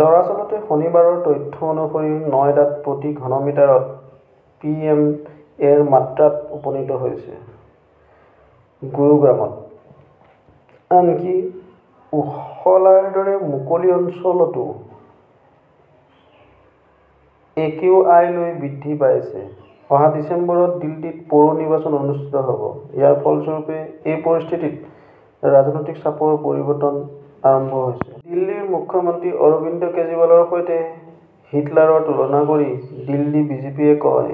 দৰাচলতে শনিবাৰৰ তথ্য অনুসৰি নয়ডাত প্ৰতি ঘনমিটাৰত পিএম -এৰ মাত্ৰা ত উপনীত হৈছে। গুৰুগ্ৰামত ত। আনকি ওখলাৰ দৰে 'মুকলি "অঞ্চলতও একিউআই লৈ বৃদ্ধি পাইছে! অহা ডিচেম্বৰত দিল্লীত পৌৰ নিৰ্বাচন অনুষ্ঠিত হ 'ব। ইয়াৰ ফলস্বৰূপে এই পৰিস্থিতিত ৰাজনৈতিক চাপৰ পৰিৱৰ্তন আৰম্ভ হৈছে। দিল্লীৰ মুখ্যমন্ত্ৰী অৰবিন্দ কেজৰিৱালৰ সৈতে হিটলাৰৰ তুলনা কৰি দিল্লী বিজেপিয়ে কয়,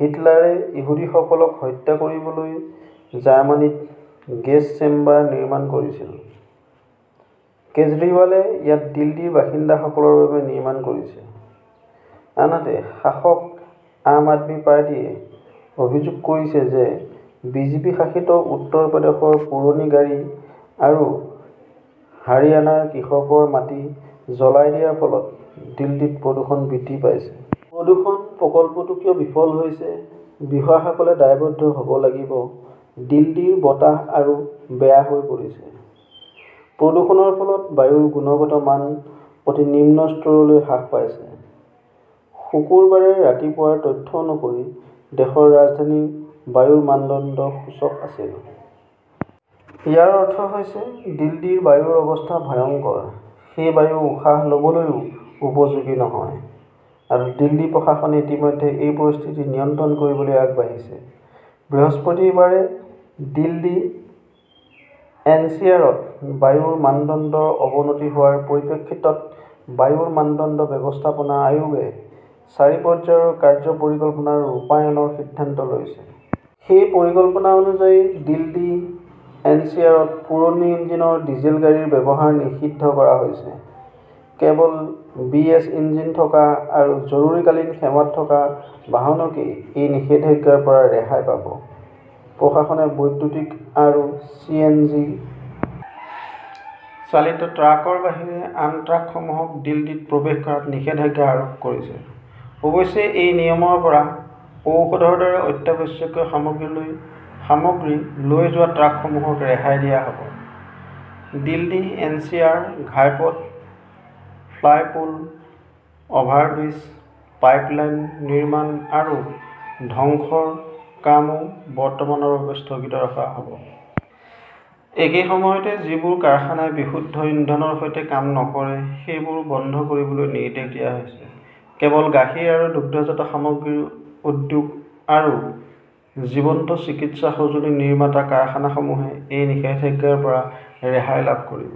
"হিটলাৰে ইহুদীসকলক হত্যা কৰিবলৈ জাৰ্মানীত গেছ চেম্বাৰ নিৰ্মাণ কৰিছিল। কেজৰিৱালে ইয়াত দিল্লীৰ বাসিন্দাসকলৰ বাবে নিৰ্মাণ কৰিছে। " আনহাতে, শাসক আম আদমি পাৰ্টি য়ে অভিযোগ কৰিছে যে বিজেপি শাসিত উত্তৰ প্ৰদেশৰ পুৰণি গাড়ী আৰু হাৰিয়ানাৰ কৃষকৰ মাটি জ্বলাই দিয়াৰ ফলত দিল্লীত প্ৰদূষণ বৃদ্ধি পাইছে। প্ৰদূষণ প্ৰকল্পটো কিয় বিফল হৈছে, বিষয়াসকলে দায়বদ্ধ হ 'ব লাগিব দিল্লীৰ বতাহ আৰু বেয়া হৈ পৰিছে। প্ৰদূষণৰ ফলত বায়ুৰ গুণগত মান অতি নিম্ন স্তৰলৈ হ্ৰাস পাইছে। শুকুৰবাৰে ৰাতিপুৱাৰ তথ্য অনুসৰি, দেশৰ ৰাজধানীৰ বায়ুৰ মানদণ্ড সূচক আছিল। ইয়াৰ অৰ্থ হৈছে দিল্লীৰ বায়ুৰ অৱস্থা 'ভয়ংকৰ "। সেই বায়ু উশাহ ল "বলৈও উপযোগী নহয়। আৰু দিল্লী প্ৰশাসনে ইতিমধ্যে এই পৰিস্থিতি নিয়ন্ত্ৰণ কৰিবলৈ আগবাঢ়িছে। বৃহস্পতিবাৰে দিল্লী-এনচিআৰত বায়ুৰ মানদণ্ডৰ অৱনতি হোৱাৰ পৰিপ্ৰেক্ষিতত বায়ুৰ মানদণ্ড ব্যৱস্থাপনা আয়োগে চাৰি পৰ্যায়ৰ 'কাৰ্য্য পৰিকল্পনা "ৰ ৰূপায়ণৰ সিদ্ধান্ত লৈছে। সেই পৰিকল্পনা অনুসৰি, দিল্লী-এনচিআৰত পুৰণি ইঞ্জিনৰ ডিজেল গাড়ীৰ ব্যৱহাৰ নিষিদ্ধ কৰা হৈছে। কেৱল বি. এছ. ইঞ্জিন থকা আৰু জৰুৰীকালীন সেৱাত থকা বাহনকেই এই নিষেধাজ্ঞাৰ পৰা ৰেহাই পাব। প্ৰশাসনে বৈদ্যুতিক আৰু চি. এন. জি. চালিত ট্ৰাকৰ বাহিৰে আন ট্ৰাকসমূহক দিল্লীত প্ৰৱেশ কৰাত নিষেধাজ্ঞা আৰোপ কৰিছে। অৱশ্যে এই নিয়মৰ পৰা ঔষধৰ দৰে অত্যাৱশ্যকীয় সামগ্ৰী লৈ যোৱা ট্ৰাকসমূহক ৰেহাই দিয়া হ "ব। দিল্লী-এনচিআৰ ঘাইপথ, ফ্লাইপূল, অভাৰব্ৰীজ, পাইপলাইন নিৰ্মাণ আৰু ধ্বংসৰ কামও বৰ্তমানৰ বাবে স্থগিত ৰখা হ 'ব। একে সময়তে, যিবোৰ কাৰখানাই বিশুদ্ধ ইন্ধনৰ সৈতে কাম নকৰে সেইবোৰো বন্ধ কৰিবলৈ নিৰ্দেশ দিয়া হৈছে। কেৱল গাখীৰ বা দুগ্ধজাত সামগ্ৰীৰ উদ্যোগ আৰু জীৱন্ত চিকিৎসা সঁজুলি নিৰ্মাতা কাৰখানাসমূহে এই নিষেধাজ্ঞাৰ পৰা ৰেহাই লাভ কৰিব।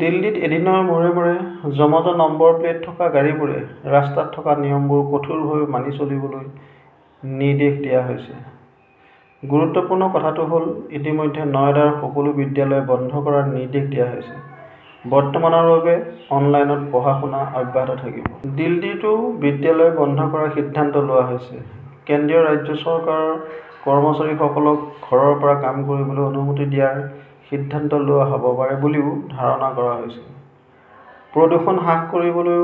দিল্লীত এদিনৰ মূৰে মূৰে যমজ নম্বৰ প্লেট থকা গাড়ীবোৰে ৰাস্তাত থকা নিয়মবোৰ কঠোৰভাৱে মানি চলিবলৈ নিৰ্দেশ দিয়া হৈছে। গুৰুত্বপূৰ্ণ কথাটো হ "ল, ইতিমধ্যে নয়ডাৰ সকলো বিদ্যালয় বন্ধ কৰাৰ নিৰ্দেশ দিয়া হৈছে। বৰ্তমানৰ বাবে অনলাইনত পঢ়া-শুনা অব্যাহত থাকিব। দিল্লীতও বিদ্যালয় বন্ধ কৰাৰ সিদ্ধান্ত লোৱা হৈছে। কেন্দ্ৰীয়-ৰাজ্য চৰকাৰৰ কৰ্মচাৰীসকলক ঘৰৰ পৰা কাম কৰিবলৈ অনুমতি দিয়াৰ সিদ্ধান্ত লোৱা হ "ব পাৰে বুলিও ধাৰণা কৰা হৈছে। প্ৰদূষণ হ্ৰাস কৰিবলৈ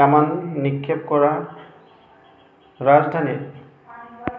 কামান নিক্ষেপ কৰা! ৰাজধানীত